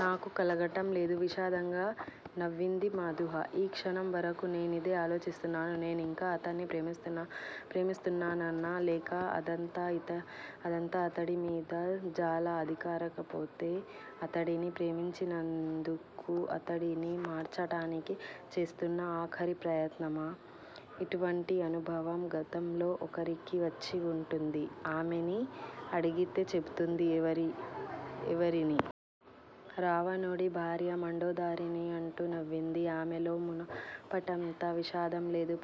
నాకూ కలగటం లేదు విషాదంగా నవ్వింది మధూహ. ఈ క్షణం వరకూ నేనిదే ఆలోచిస్తున్నాను. నేనింకా అతన్ని ప్రేమిస్తున్నానా? లేక ఇదంతా అతడిమీద జాలా? అదీకాకపోతే అతడిని ప్రేమించినందుకు అతడిని మార్చటానికి చేస్తున్న ఆఖరి ప్రయత్నమా? ఇటువంటి అనుభవం గతంలో ఒకరికి వచ్చివుంటుంది. ఆమెని అడిగితే చెపుతుంది ఎవరిని? 'రావణుడి భార్య మండోదరిని అంటూ నవ్వింది. ఆమెలో మునపటంత విషాదం లేదు.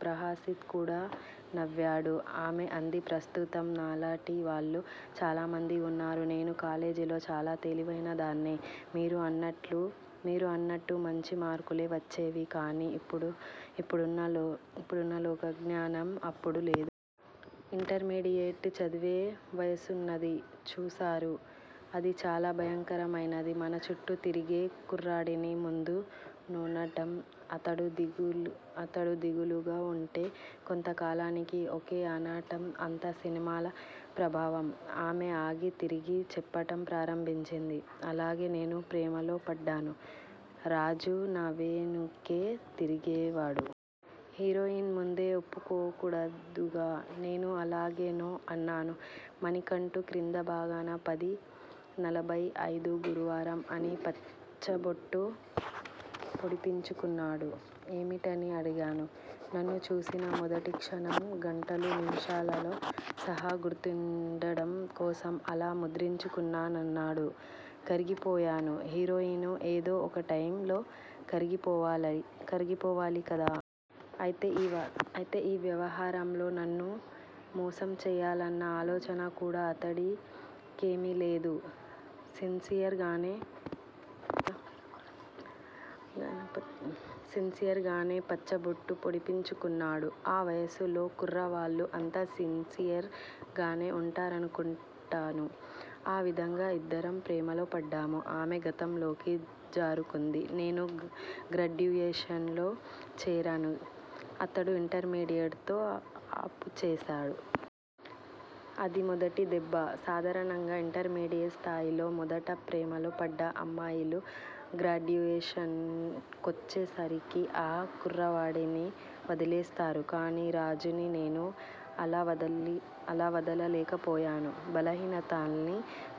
ప్రహసిత్ కూడా నవ్వేడు. ఆమె అంది ప్రస్తుతం నాలాటి వాళ్ళు చాలామంది వున్నారు. నేను కాలేజీలో చాలా తెలివైనదాన్నే. మీరు అన్నట్టు మంచి మార్కులే వచ్చేవి. కానీ ఇప్పుడున్న లోకజ్ఞానం అప్పుడు లేదు. ఇంటర్మీడియెట్ చదివే వయసున్నది చూసారూ అది చాలా భయంకరమైనది. మనచుట్టూ తిరిగే కుర్రాడిని ముందు'నో' అనటం అతడు దిగులుగా వుంటే, కొంతకాలానికి 'ఓ. కే. ' అనటం అంతా సినిమాల ప్రభావం ఆమె ఆగి, తిరిగి చెప్పటం ప్రారంభించింది. అలాగే నేనూ ప్రేమలో పడ్డాను. రాజు నావెనుకే తిరిగేవాడు. హీరోయిన్ ముందే ఒప్పుకోకూడదుగా. నేనూ అలాగే 'నో' అన్నాను. మణికట్టు క్రిందిభాగాన 'పది నలభై ఐదు ' గురువారం' అని పచ్చబొట్టు పొడిపించుకున్నాడు. ఏమిటని అడిగాను. నన్ను చూసిన మొదటి క్షణం, గంటలూ నిముషాలతో సహా గుర్తుండడం కోసం అలా ముద్రించుకున్నానన్నాడు. కరిగిపోయాను హీరోయిను ఏదో ఒకటైమ్ లో కరిగిపోవాలికదా. అయితే ఈ వ్యవహారంలో నన్ను మోసంచేయాలన్న ఆలోచన కూడా అతడి కేమీలేదు. సిన్సియర్ గానే పచ్చబొట్టు పొడిపించుకున్నాడు. ఆ వయసులో కుర్రవాళ్ళు అంత సిన్సియర్ గానే వుంటారనుకుంటాను. ఆ విధంగా ఇద్దరం ప్రేమలోపడ్డాము ఆమె గతంలోకి జారుకుంది. నేను గ్రాడ్యుయేషన్ లో చేరాను. అతడు ఇంటర్మీడియట్ తో ఆపుచేసాడు. అది మొదటిదెబ్బ. సాధారణంగా ఇంటర్మీడియట్ స్థాయిలో మొదట ప్రేమలో పడ్డ అమ్మాయిలు, గ్రాడ్యుయేషన్ కొచ్చేసరికి ఆ కుర్రవాడిని వదిలేస్తారు. కానీ రాజుని నేను అలా వదలలేకపోయాను. బలహీనతల్ని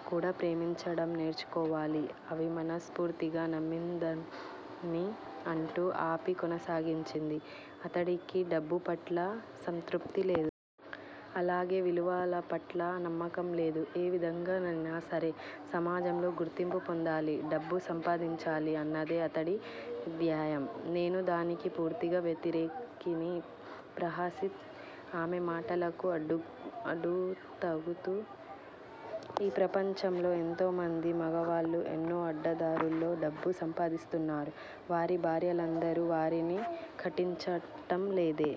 కూడా ప్రేమించటం నేర్చుకోవాలి అవి మనస్ఫూర్తిగా నమ్మినదాన్ని ' అంటూ ఆపి, కొనసాగించింది. అతడికి డబ్బుపట్ల సంతృప్తి లేదు. అలాగే విలువలపట్ల నమ్మకంలేదు. ఏ విధంగానైనా సరే సమాజంలో గుర్తింపు పొందాలి, డబ్బు సంపాదించాలి అన్నదే అతడి ధ్యేయం. నేను దానికి పూర్తిగా వ్యతిరేకిని ప్రహసిత్ ఆమె మాటలను అడ్డుతగులుతూ ఈ ప్రపంచంలో ఎంతోమంది మగవాళ్ళు ఎన్నో అడ్డదారుల్లో డబ్బు సంపాదిస్తున్నారు. వారి భార్యలందరూ వారిని ఖండించటంలేదే.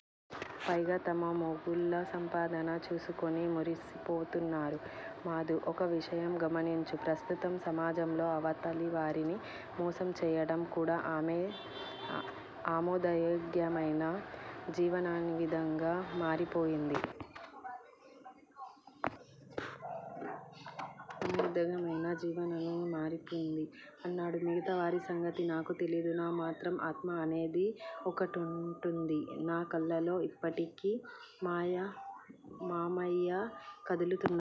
పైగా తమ మొగుళ్ళ సంపాదన చూసుకుని మురిసిపోతున్నారు. మధూ! ఒక్క విషయం గమనించు! ప్రస్తుతం సమాజంలో అవతలివారిని మోసం చేయటం కూడా ఆమోదయోగ్యమైన జీవనవిధానంగా మారిపోయింది అన్నాడు. మిగతా వారి సంగతి నాకు తెలీదు. నాకు మాత్రం ఆత్మ అనేది ఒకటుంది. నా కళ్ళలో ఇప్పటికీ మామయ్యే కదులుతున్నాడు.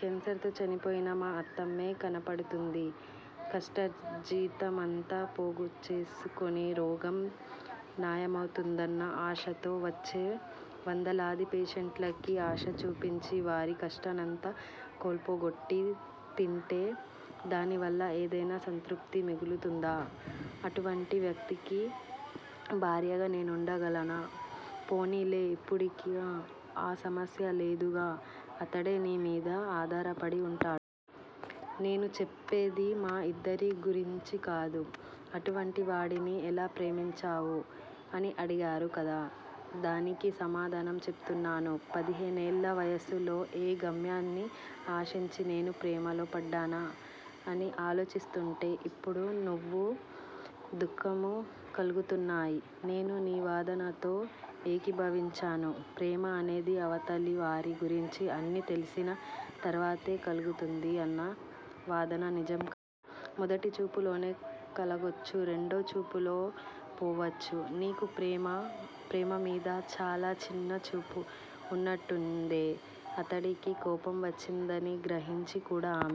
కేన్సర్ తో చనిపోయిన మా అత్తమ్మే కనపడుతూంది. కష్టార్జితమంతా పోగుచేసుకుని, రోగం నయమవుతుందన్న ఆశతో వచ్చే వందలాది పేషెంట్లకి ఆశచూపించి వారి కష్టన్నంతా కొల్లగొట్టి తింటే దానివల్ల ఏదైనా సంతృప్తి మిగులుతుందా? అటువంటి వ్యక్తికి భార్యగా నేనుండగలనా? పోనీలే. ఇప్పుడిక ఆ సమస్య లేదుగా. అతడే నీ మీద ఆధారపడి వుంటాడు. నేను చెప్పేది మా ఇద్దరి గురించికాదు. అటువంటివాడిని ఎలా ప్రేమించావు అని అడిగారు కదా! డానికి సమాధానం చెపుతున్నాను. పదిహేనేళ్ళ వయసులో ఏ గమ్యాన్ని ఆశించి నేను ప్రేమలో పడ్డానా అని ఆలోచిస్తూంటే ఇప్పుడు నవ్వూ, దుఃఖమూ కలుగుతున్నాయి. నేను నీ వాదనతో ఏకీభావించను. ప్రేమ అనేది అవతలి వారి గురించి అన్నీ తెలిసిన తరువాతే కలుగుతుంది అన్న వాదన నిజం కాదు. మొదటి చూపులోనే కలగొచ్చు రెండో చూపులో పోవచ్చు. నీకు నాప్రేమ మీద చాలా చిన్నచూపు వున్నట్టుందే. అతడికి కోపం వచ్చిందని గ్రహించి కూడా ఆమె